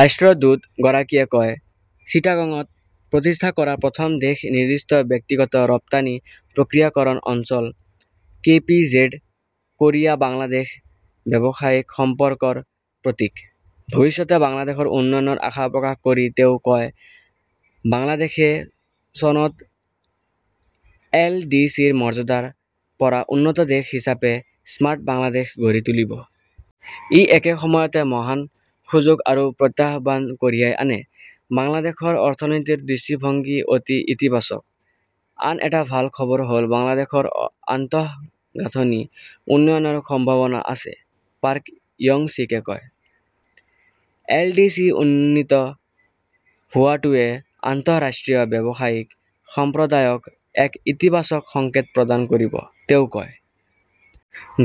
ৰাষ্ট্ৰদূত গৰাকীয়ে কয়, "চিটাগঙত প্ৰতিষ্ঠা কৰা প্ৰথম দেশ-নিৰ্দিষ্ট ব্যক্তিগত ৰপ্তানি প্ৰক্ৰিয়াকৰণ অঞ্চল, কে.পি.জেড, কোৰিয়া-বাংলাদেশ ব্যৱসায়িক সম্পৰ্কৰ প্ৰতীক।" ভৱিষ্যতে বাংলাদেশৰ উন্নয়নৰ আশা প্ৰকাশ কৰি তেওঁ কয়, "বাংলাদেশে চনত এল.ডি.চিৰ মৰ্যাদাৰ পৰা উন্নত দেশ হিচাপে স্মাৰ্ট বাংলাদেশ গঢ়ি তুলিব। "ই একে সময়তে মহান সুযোগ আৰু প্ৰত্যাহ্বান কঢ়িয়াই আনে। "বাংলাদেশৰ অৰ্থনীতিৰ দৃষ্টিভংগী অতি ইতিবাচক। আন এটা ভাল খবৰ হ' ল বাংলাদেশৰ আন্তঃগাঁথনি উন্নয়নৰ সম্ভাৱনা আছে ", পাৰ্ক ইয়ং-ছিকে কয়। "এল.ডি.চি উন্নীত হোৱাটোৱে আন্তঃৰাষ্ট্ৰীয় ব্যৱসায়িক সম্প্ৰদায়ক এক ইতিবাচক সংকেত প্ৰদান কৰিব", তেওঁ কয়।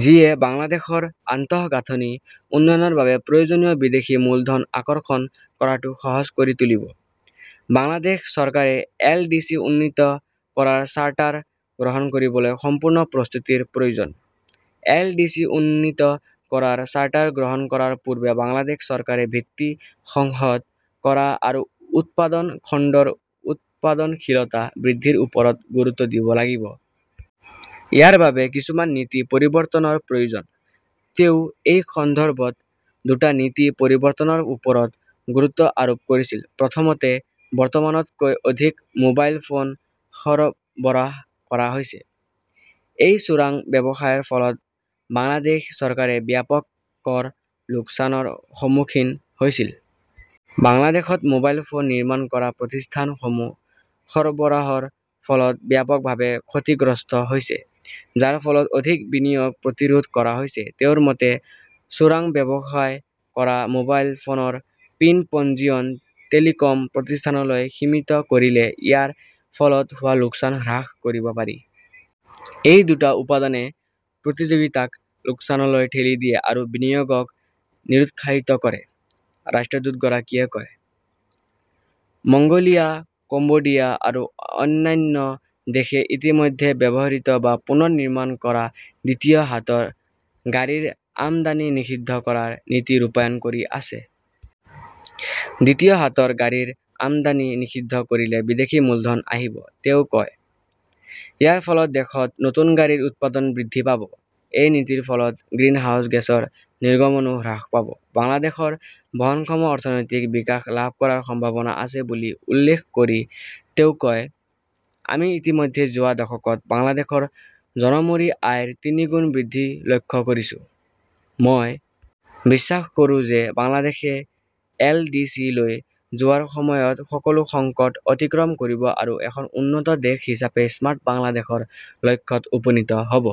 যিয়ে বাংলাদেশৰ আন্তঃগাঁথনি উন্নয়নৰ বাবে প্ৰয়োজনীয় বিদেশী মূলধন আকৰ্ষণ কৰাটো সহজ কৰি তুলিব। "বাংলাদেশ চৰকাৰে এলডিচি উন্নীত কৰাৰ চাৰ্টাৰ গ্ৰহণ কৰিবলৈ সম্পূৰ্ণ প্ৰস্তুতিৰ প্ৰয়োজন।"এল. ডি. চি. উন্নীত কৰাৰ চাৰ্টাৰ গ্ৰহণ কৰাৰ পূৰ্বে বাংলাদেশ চৰকাৰে ভিত্তি সংহত কৰা আৰু উৎপাদন খণ্ডৰ উৎপাদনশীলতা বৃদ্ধিৰ ওপৰত গুৰুত্ব দিব লাগিব। ইয়াৰ বাবে কিছুমান নীতি পৰিৱৰ্তনৰ প্ৰয়োজন।" তেওঁ এই সন্দৰ্ভত দুটা নীতি পৰিৱৰ্তনৰ ওপৰত গুৰুত্ব আৰোপ কৰিছিল। প্ৰথমতে, বৰ্তমানতকৈ অধিক মোবাইল ফোন সৰবৰাহ কৰা হৈছে। এই চোৰাং ব্যৱসায়ৰ ফলত বাংলাদেশ চৰকাৰে ব্যাপক কৰ লোকচানৰ সন্মুখীন হৈছিল। বাংলাদেশত মোবাইল ফোন নিৰ্মাণ কৰা প্ৰতিষ্ঠানসমূহ সৰবৰাহৰ ফলত ব্যাপকভাৱে ক্ষতিগ্ৰস্ত হৈছে, যাৰ ফলত অধিক বিনিয়োগ প্ৰতিৰোধ কৰা হৈছে। তেওঁৰ মতে, চোৰাং ব্যৱসায় কৰা মোবাইল ফোনৰ পিন পঞ্জীয়ন টেলিকম প্ৰতিষ্ঠানলৈ সীমিত কৰিলে ইয়াৰ ফলত হোৱা লোকচান হ্ৰাস কৰিব পাৰি। "এই দুটা উপাদানে প্ৰতিযোগিতাক লোকচানলৈ ঠেলি দিয়ে আৰু বিনিয়োগক নিৰুৎসাহিত কৰে", ৰাষ্ট্ৰদূতগৰাকীয়ে কয়। মংগোলিয়া, কম্বোডিয়া আৰু অন্যান্য দেশে ইতিমধ্যে ব্যৱহৃত বা পুনৰ নিৰ্মাণ কৰা দ্বিতীয় হাতৰ গাড়ীৰ আমদানি নিষিদ্ধ কৰাৰ নীতি ৰূপায়ণ কৰি আছে। "দ্বিতীয় হাতৰ গাড়ীৰ আমদানি নিষিদ্ধ কৰিলে বিদেশী মূলধন আহিব", তেওঁ কয়। ইয়াৰ ফলত দেশত নতুন গাড়ীৰ উৎপাদন বৃদ্ধি পাব। এই নীতিৰ ফলত গ্ৰিনহাউজ গেছৰ নিৰ্গমনও হ্ৰাস পাব। "বাংলাদেশৰ বহনক্ষম অৰ্থনৈতিক বিকাশ লাভ কৰাৰ সম্ভাৱনা আছে বুলি উল্লেখ কৰি তেওঁ কয় "আমি ইতিমধ্যে যোৱা দশকত বাংলাদেশৰ জনমূৰি আয়ৰ তিনিগুণ বৃদ্ধি লক্ষ্য কৰিছো। মই বিশ্বাস কৰোঁ যে বাংলাদেশই এল. ডি. চি. -লৈ যোৱাৰ সময়ত সকলো সংকট অতিক্ৰম কৰিব আৰু এখন উন্নত দেশ হিচাপে স্মাৰ্ট বাংলাদেশৰ লক্ষ্যত উপনীত হ’ব।